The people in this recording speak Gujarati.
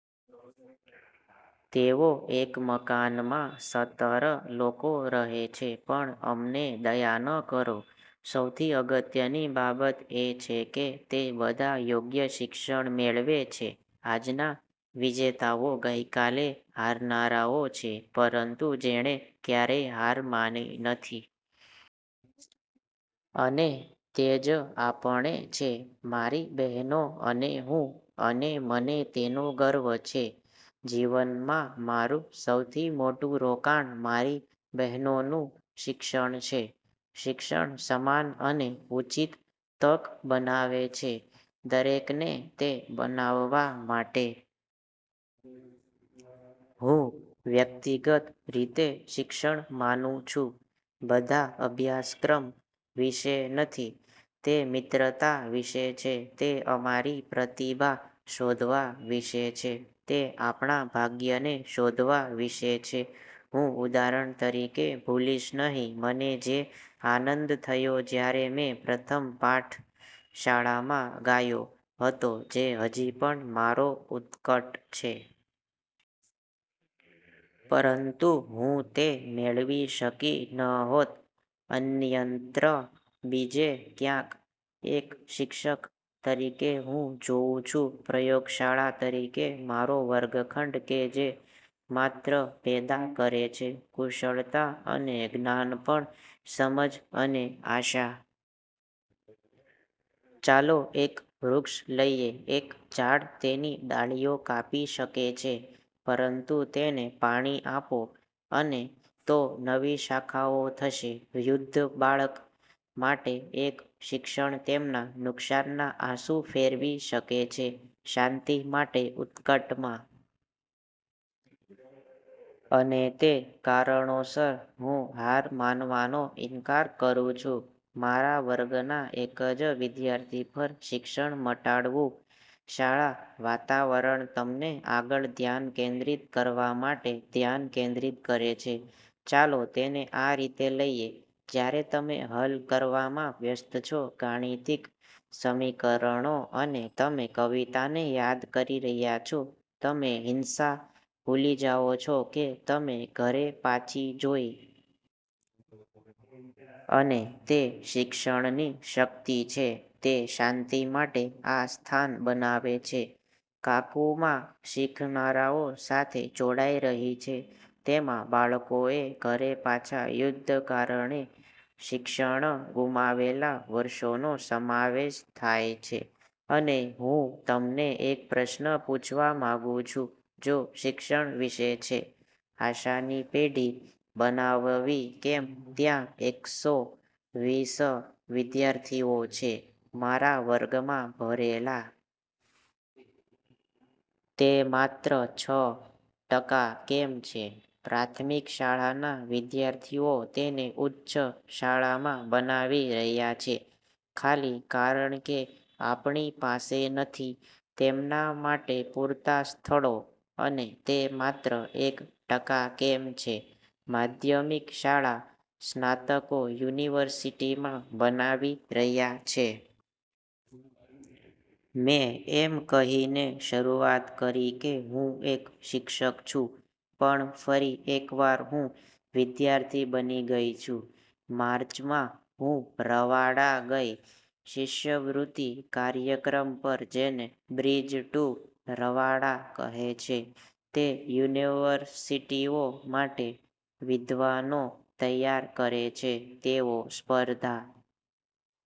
તેઓ એક મકાનમાં સતર લોકો રહે છે. પણ અમને દયા ન કરો. સૌથી અગત્યની બાબત એ છે કે તે બધા યોગ્ય શિક્ષણ મેળવે છે. આજના વિજેતાઓ ગઈકાલે હારનારાઓ છે, પરંતુ જેણે ક્યારેય હાર માની નથી. અને તે જ આપણે છે, મારી બહેનો અને હું. અને મને તેનો ગર્વ છે. જીવનમાં મારું સૌથી મોટું રોકાણ મારી બહેનોનું શિક્ષણ છે. શિક્ષણ સમાન અને ઉચિત તક બનાવે છે દરેકને તે બનાવવા માટે. હું વ્યક્તિગત રીતે શિક્ષણ માનું છું બધા અભ્યાસક્રમ વિશે નથી. તે મિત્રતા વિશે છે. તે અમારી પ્રતિભા શોધવા વિશે છે. તે આપણા ભાગ્યને શોધવા વિશે છે. હું, ઉદાહરણ તરીકે, ભૂલીશ નહીં મને જે આનંદ થયો જ્યારે મેં પ્રથમ પાઠ શાળામાં ગાયો હતો, જે હજી પણ મારો ઉત્કટ છે. પરંતુ હું તે મેળવી શકી ન હોત અન્યત્ર, બીજે ક્યાંક. એક શિક્ષક તરીકે, હું જોઉં છું પ્રયોગશાળા તરીકે મારો વર્ગખંડ કે જે માત્ર પેદા કરે છે કુશળતા અને જ્ઞાન પણ સમજ અને આશા. ચાલો એક વૃક્ષ લઈએ. એક ઝાડ તેની ડાળીઓ કાપી શકે છે, પરંતુ તેને પાણી આપો, અને તો નવી શાખાઓ થશે, યુદ્ધ બાળક માટે, એક શિક્ષણ તેમના નુકસાનના આંસુ ફેરવી શકે છે શાંતિ માટે ઉત્કટ માં. અને તે કારણોસર, હું હાર માનવાનો ઇનકાર કરું છું મારા વર્ગના એક જ વિદ્યાર્થી પર. શિક્ષણ મટાડવું. શાળા વાતાવરણ તમને આગળ ધ્યાન કેન્દ્રિત કરવા માટે ધ્યાન કેન્દ્રિત કરે છે. ચાલો તેને આ રીતે લઈએ: જ્યારે તમે હલ કરવામાં વ્યસ્ત છો ગાણિતિક સમીકરણો, અને તમે કવિતાને યાદ કરી રહ્યા છો, તમે હિંસા ભૂલી જાઓ છો કે તમે ઘરે પાછી જોઈ. અને તે શિક્ષણની શક્તિ છે. તે શાંતિ માટે આ સ્થાન બનાવે છે. કાકુમા શીખનારાઓ સાથે જોડાઈ રહી છે. તેમાં બાળકોએ ઘરે પાછા યુદ્ધ કારણે શિક્ષણ ગુમાવેલા વર્ષોનો સમાવેશ થાય છે. અને હુંતમને એક પ્રશ્ન પૂછવા માંગું છું: જો શિક્ષણ વિશે છે આશાની પેઢી બનાવવી, કેમ ત્યાં એકસો વીસ વિદ્યાર્થીઓ છે મારા વર્ગમાં ભરેલા? તે માત્ર છ ટકા કેમ છે। પ્રાથમિક શાળાના વિદ્યાર્થીઓ તેને ઉચ્ચ શાળામાં બનાવી રહ્યા છે, ખાલી કારણ કે આપણી પાસે નથી તેમના માટે પૂરતા સ્થળો? અને તે માત્ર એક ટકા કેમ છે માધ્યમિક શાળા સ્નાતકો યુનિવર્સિટીમાં બનાવી રહ્યા છે? મેં એમ કહીને શરૂઆત કરી કે હું એક શિક્ષક છું. પણ ફરી એકવાર, હું વિદ્યાર્થી બની ગઈ છું. માર્ચમાં, હું રવાંડા ગઈ શિષ્યવૃત્તિ કાર્યક્રમ પર જેને "બ્રિજ ટુ રવાંડા" કહે છે. તે યુનિવર્સિટીઓ માટે વિદ્વાનો તૈયાર કરે છે. તેઓ સ્પર્ધા